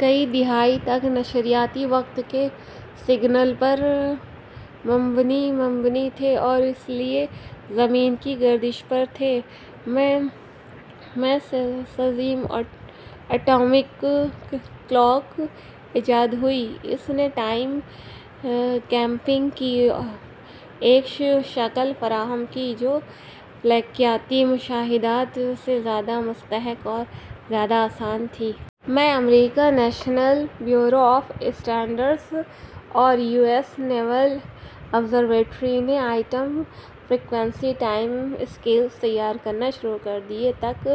کی دہائی تک، نشریاتی وقت کے سگنل پر مبنی تھے اور اسی لیے زمین کی گردش پر تھے۔ میں سیزیم اٹامک کلاک ایجاد ہوئی۔ اس نے ٹائم کیپنگ کی ایک شکل فراہم کی جو فلکیاتی مشاہدات سے زیادہ مستحکم اور زیادہ آسان تھی۔ میں، امریکا نیشنل بیورو آف اسٹینڈرڈز اور یو ایس نیول آبزرویٹری نے ایٹم فریکوئنسی ٹائم اسکیلز تیار کرنا شروع کر دیے۔ تک،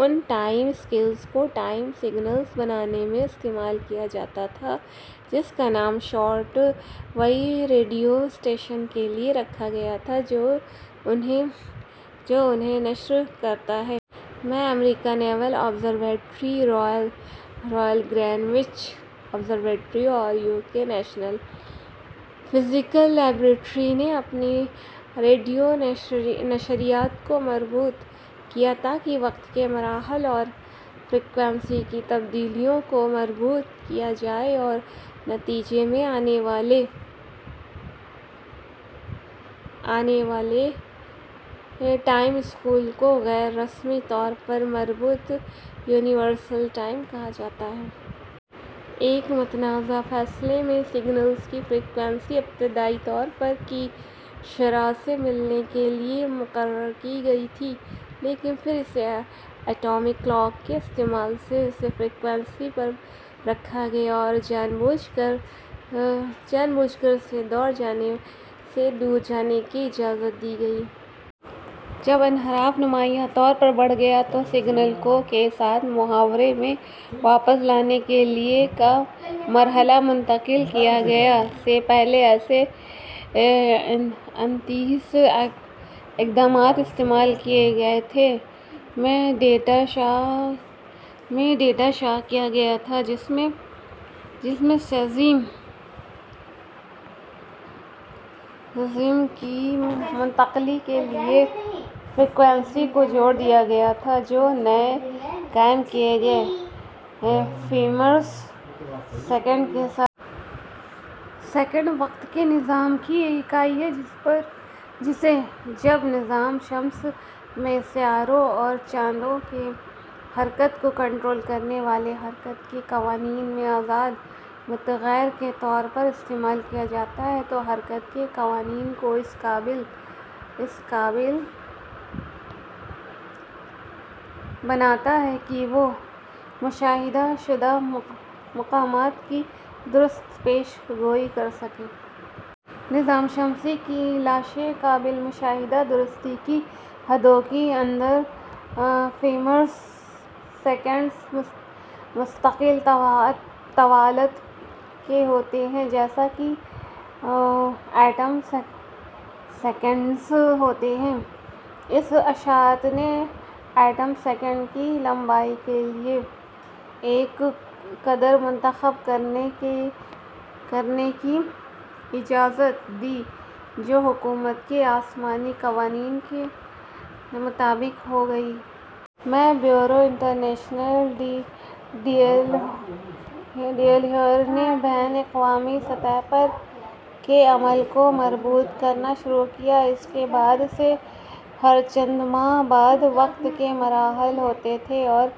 ان ٹائم اسکیلز کو ٹائم سگنلز بنانے میں استعمال کیا جاتا تھا، جس کا نام شارٹ ویو ریڈیو اسٹیشن کے لیے رکھا گیا تھا جو انھیں نشر کرتا ہے۔ میں، امریکا naval observatory, royal Greenwich observatory اور U K national physical laboratory نے اپنی ریڈیو نشریات کو مربوط کیا تاکہ وقت کے مراحل اور فریکوئنسی کی تبدیلیوں کو مربوط کیا جائے اور نتیجے میں آنے والے ٹائم اسکیل کو غیر رسمی طور پر "مربوط یونیورسل ٹائم" کہا جاتا ہے۔ ایک متنازع فیصلے میں، سگنلز کی فریکوئنسی ابتدائی طور پر کی شرح سے ملنے کے لیے مقرر کی گئی تھی، لیکن پھر اسے اٹامک کلاک کے استعمال سے اسی فریکوئنسی پر رکھا گیا اور جان بوجھ کر سے دور جانے کی اجازت دی گئی۔ جب انحراف نمایاں طور پر بڑھ گیا، تو سگنل کو کے ساتھ معاہدے میں واپس لانے کے لیے کا مرحلہ منتقل کیا گیا ۔ سے پہلے ایسے انتیس اقدامات استعمال کیے گئے تھے میں، ڈیٹا شائع کیا گیا تھا جس میں سیزیم کی منتقلی کے لیے فریکوئنسی کو جوڑ دیا گیا تھا، جو نئے قائم کیے گئے تھے، فیمریس سیکنڈ کے ساتھ۔ سیکنڈ وقت کے نظام کی ایک اکائی ہے جسے، جب نظام شمسی میں سیاروں اور چاندوں کی حرکت کو کنٹرول کرنے والے حرکت کے قوانین میں آزاد متغیر کے طور پر استعمال کیا جاتا ہے، تو حرکت کے قوانین کو اس قابل بناتا ہے کہ وہ مشاہدہ شدہ مقامات کی درست پیش گوئی کر سکے۔ نظام شمسی کی لاشیں. قابل مشاہدہ درستی کی حدود کے اندر، فیمیرس سیکنڈز مستقل طوالت کے ہوتے ہیں، جیسا کہ ایٹم سیکنڈز ہوتے ہیں۔ اس اشاعت نے ایٹم سیکنڈ کی لمبائی کے لیے ایک قدر منتخب کرنے کی اجازت دی جو حرکت کے آسمانی قوانین کے مطابق ہوگی۔ میں، Bureau International de l' Heure نے بین الاقوامی سطح پر کے عمل کو مربوط کرنا شروع کیا ۔ اس کے بعد سے، ہر چند ماہ بعد وقت کے مراحل ہوتے تھے اور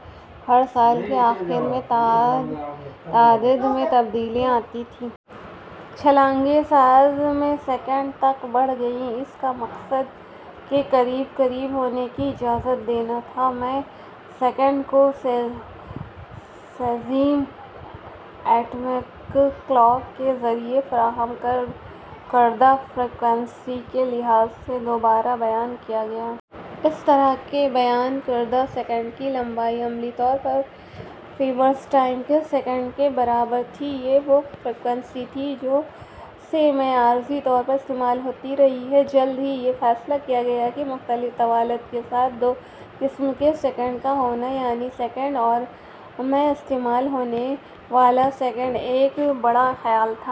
ہر سال کے آخر میں تعدد میں تبدیلیاں آتی تھیں۔ چھلانگیں سائز میں سیکنڈ تک بڑھ گئیں۔ اس کا مقصد کے قریب قریب ہونے کی اجازت دینا تھا۔ میں، سیکنڈ کو سیزیم ایٹمک کلاک کے ذریعے فراہم کردہ فریکوئنسی کے لحاظ سے دوبارہ بیان کیا گیا۔ اس طرح بیان کردہ سیکنڈ کی لمبائی عملی طور پر فیمیرس ٹائم کے سیکنڈ کے برابر تھی۔ یہ وہ فریکوئنسی تھی جو سے میں عارضی طور پر استعمال ہوتی رہی ہے۔ جلد ہی یہ فیصلہ کیا گیا کہ مختلف طوالت کے ساتھ دو قسم کے سیکنڈ کا ہونا، یعنی سیکنڈ اور میں استعمال ہونے والا سیکنڈ، ایک برا خیال تھا۔